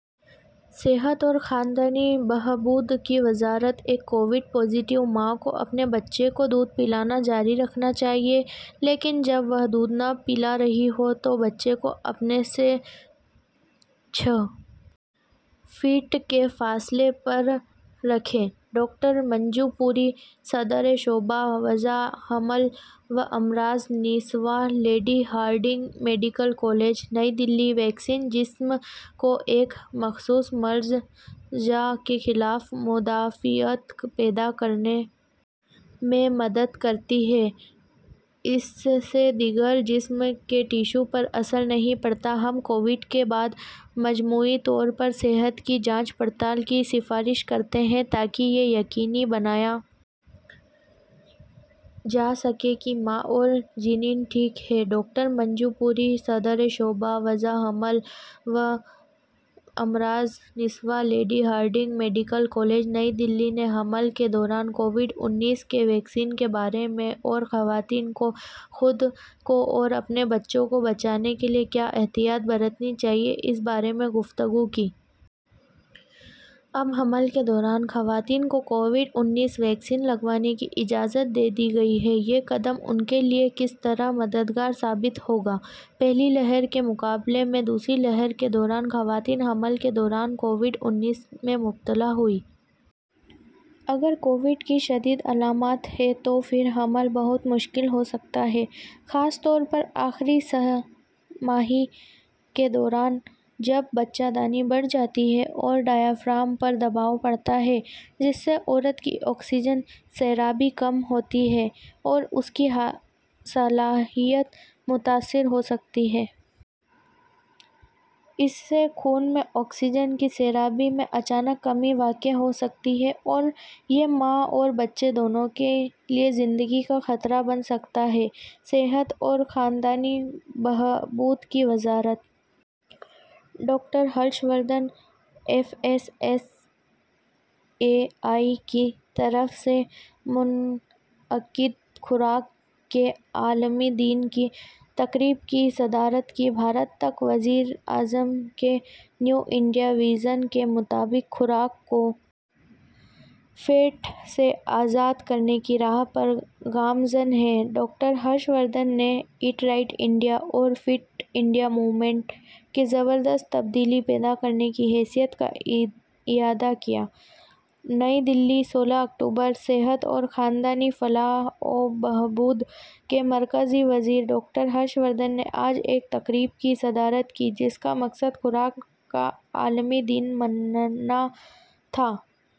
صحت اور خاندانی بہبود کی وزارت ایک کووڈ مثبت ماں کو اپنے بچے کو دودھ پلانا جاری رکھنا چاہیے لیکن جب وہ دودھ نہ پلا رہی ہوں تو بچے کو اپنے سے چھ فٹ کے فاصلے پر رکھیں ڈاکٹر منجو پوری، صدر شعبہ، وضع حمل و امراض نسواں، لیڈی ہارڈنگ میڈیکل کالج، نئی دہلی "ویکسین جسم کو ایک مخصوص مرض زا کے خلاف مدافعت پیدا کرنے میں مدد کرتی ہیں، اس سے دیگر جسم کے ٹشو پر اثر نہیں پڑتا" ہم کووڈ کے بعد مجموعی طور پر صحت کی جانچ پڑتال کی سفارش کرتے ہیں تاکہ یہ یقینی بنایا جا سکے کہ ماں اور جنین ٹھیک ہیں ڈاکٹر منجو پوری ڈاکٹر منجو پوری، صدر شعبہ، وضع حمل و امراض نسواں، لیڈی ہارڈنگ میڈیکل کالج، نئی دہلی نے حمل کے دوران کووڈ انیس کے فیصلے کے بارے میں اور خواتین کو خود کو اور اپنے بچے کو بچانے کے لیے کیا احتیاط برتنی چاہیے، اس بارے میں بات چیت کی۔ اب حمل کے دوران خواتین کو کووڈ انیس ویکسین لگوانے کی اجازت دے دی گئی ہے۔ یہ قدم ان کے لیے کس طرح مدد گار ثابت ہوگا؟ پہلی لہر کے مقابلے میں دوسری لہر کے دوران خواتین حمل کے دوران کووڈ انیس میں مبتلا ہوئیں۔ اگر کووڈ کی شدید علامات ہیں تو پھر حمل بہت مشکل ہو سکتا ہے، خاص طور پر آخری سہ ماہی کے دوران جب بچہ دانی بڑھ جاتی ہے اور ڈایافرام پر دباؤ پڑتا ہے، جس سے عورت کی آکسیجن سیرابی کم ہوتی ہے اور اس کی صلاحیت متاثر ہوسکتی ہے۔ اس سے خون میں آکسیجن کی سیرابی میں اچانک کمی واقع ہوسکتی ہے اور یہ ماں اور بچے دونوں کے لیے زندگی کا خطرہ بن سکتا ہے۔ صحت اور خاندانی بہبود کی وزارت doctor Harsh Vardhan F S S A I کی طرف سے منعقدہ 'خوراک کے عالمی دن' کی تقریب کی صدارت کی ''بھارت تک وزیر اعظم کے نیو انڈیا وژن کے مطابق خوراک کو فیٹ سے آزاد کرنے کی راہ پر گامزن ہے'' ڈاکٹر ہرش وردھن نے 'ایٹ رائٹ انڈیا' اور 'فٹ انڈیا موومنٹ' کے زبردست تبدیلی پیدا کرنے کی حیثیت کا اعادہ کیا نئی دہلی، سولہ اکتوبر صحت اور خاندانی فلاح وبہبود کے مرکزی وزیر ڈاکٹر ہرش وردھن نے آج ایک تقریب کی صدارت کی جس کا مقصد خوراک کا عالمی دن منانا تھا۔